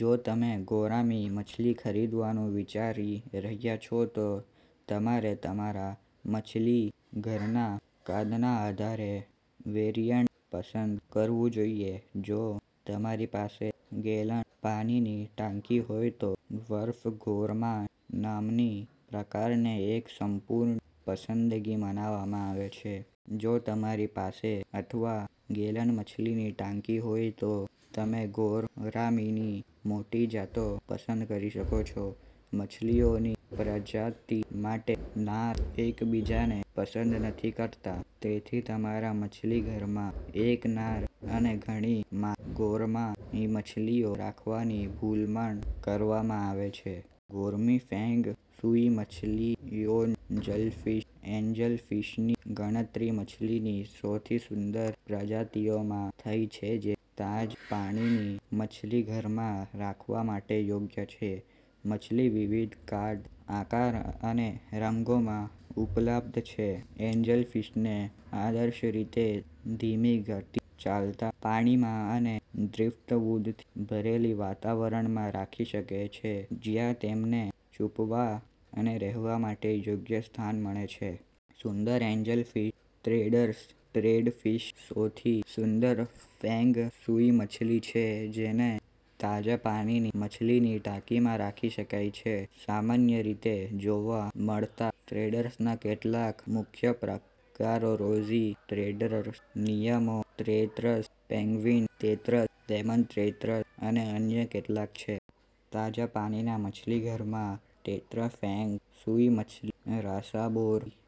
જો તમે ગૌરામી માછલી ખરીદવાનું વિચારી રહ્યા છો, તો તમારે તમારા માછલીઘરના કદના આધારે વેરિઅન્ટ પસંદ કરવું જોઈએ. જો તમારી પાસે -ગેલન પાણીની ટાંકી હોય તો ડ્વાર્ફ ગૌરામી નામના પ્રકારને એક સંપૂર્ણ પસંદગી માનવામાં આવે છે. જો તમારી પાસેઅથવા -ગેલન માછલીની ટાંકી હોય તો તમે ગૌરામીની મોટી જાતો પસંદ કરી શકો છો. માછલીઓનીપ્રજાતિ માટે, નર એકબીજાને પસંદ નથી કરતા, તેથી તમારા માછલીઘરમાં એક નર અને ઘણી માદા ગૌરામી માછલીઓ રાખવાની ભલામણ કરવામાં આવે છે. ગૌરામી ફેંગ શુઇ માછલીએન્જલફિશ એન્જલફિશની ગણતરી માછલીની સૌથી સુંદર પ્રજાતિઓમાં થાય છે જે તાજા પાણીના માછલીઘરમાં રાખવા માટે યોગ્ય છે. માછલી વિવિધ કદ, આકાર અને રંગોમાં ઉપલબ્ધ છે. એન્જલફિશને આદર્શ રીતે ધીમી ગતિએ ચાલતા પાણીમાં અને ડ્રિફ્ટવુડથી ભરેલા વાતાવરણમાં રાખી શકાય છે જ્યાં તેમને છુપાવવા અને રહેવા માટે યોગ્ય સ્થાન મળે છે. સુંદર એન્જલફિશ. ટેટ્રાસ ટેટ્રા ફિશસૌથી સુંદર ફેંગ શુઇ માછલી છે જેને તાજા પાણીની માછલીની ટાંકીમાં રાખી શકાય છે. સામાન્ય રીતે જોવા મળતા ટેટ્રાસના કેટલાક મુખ્ય પ્રકારો rosy tetras, neon tetras, penguin tetras, lemon tetras અને અન્ય કેટલાક છે. તાજા પાણીના માછલીઘરમાં ટેટ્રા ફેંગ શુઇ માછલીરાસબોરા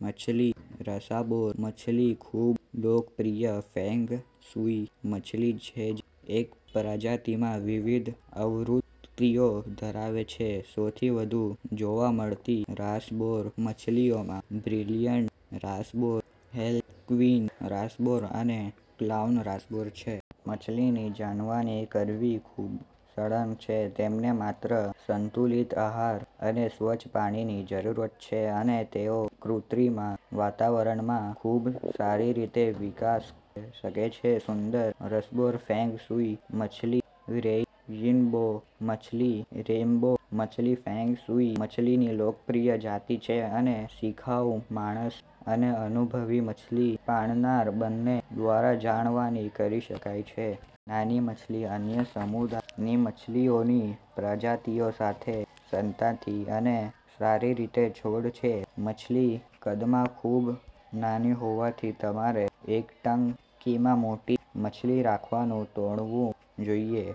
માછલી રાસબોરા માછલીખૂબલોકપ્રિય ફેંગ શુઇ માછલી છે જે એકપ્રજાતિમાં વિવિધ આવૃત્તિઓ ધરાવે છે. સૌથી વધુ જોવા મળતી રાસબોરા માછલીઓમાં બ્રિલિયન્ટ રાસબોરા, હાર્લેક્વિન રાસબોરા અને ક્લાઉન રાસબોરા છે. માછલીની જાળવણી કરવી ખૂબસરળ છે. તેમને માત્ર સંતુલિત આહાર અને સ્વચ્છ પાણીની જરૂર છે અને તેઓ કૃત્રિમ વાતાવરણમાં ખૂબસારી રીતે વિકાસ કરી શકે છે. સુંદર રાસબોરા ફેંગ શુઇ માછલીરેઈન્બો માછલી રેઈન્બો માછલી ફેંગ શુઈ માછલીની લોકપ્રિય જાતિ છે અને શિખાઉ માણસ અને અનુભવી માછલી પાળનારા બંને દ્વારા જાળવણી કરી શકાય છે. નાની માછલી અન્ય સમુદાયની માછલીઓની પ્રજાતિઓ સાથે શાંતિથી અને સારી રીતે છોડે છે. માછલી કદમાં ખૂબ નાની હોવાથી, તમારે એકટાંકીમાં મોટી માછલી રાખવાનું ટાળવું જોઈએ.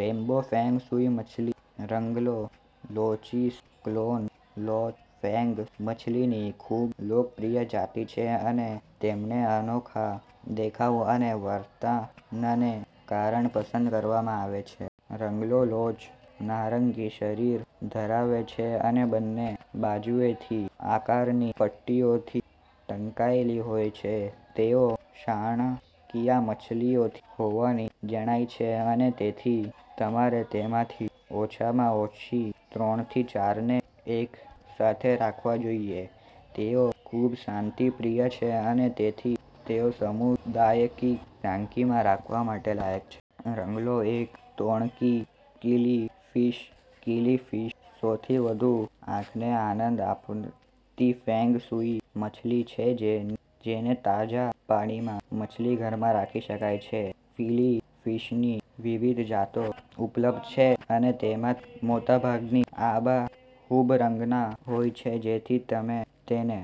રેઈન્બો ફેંગ શુઇ માછલીરંગલો લોચીસ ક્લોન લોચફેંગ શુઇ માછલીની ખૂબલોકપ્રિય જાતિ છે અને તેમના અનોખા દેખાવ અને વર્તનને કારણે પસંદ કરવામાં આવે છે. રંગલો લોચ નારંગી શરીર ધરાવે છે અને બંને બાજુએ વી આકારની પટ્ટીઓથી ઢંકાયેલી હોય છે. તેઓ શાળાકીય માછલીઓ હોવાનું જણાય છે, અને તેથી તમારે તેમાંથી ઓછામાં ઓછા ત્રણથી ચારને એકસાથે રાખવા જોઈએ. તેઓ ખૂબશાંતિપ્રિય છે અને તેથી તેઓ સામુદાયિક ટાંકીમાં રાખવા માટે લાયક છે. રંગલો એક ટોળકીકિલીફિશ કિલીફિશસૌથી વધુ આંખને આનંદ આપતી ફેંગ શુઇ માછલી છે જેને તાજા પાણીના માછલીઘરમાં રાખી શકાય છે. કિલીફિશની વિવિધ જાતો ઉપલબ્ધ છે, અને તેમાંથી મોટાભાગની આબેહૂબ રંગીન હોય છે જેથી તમે તેને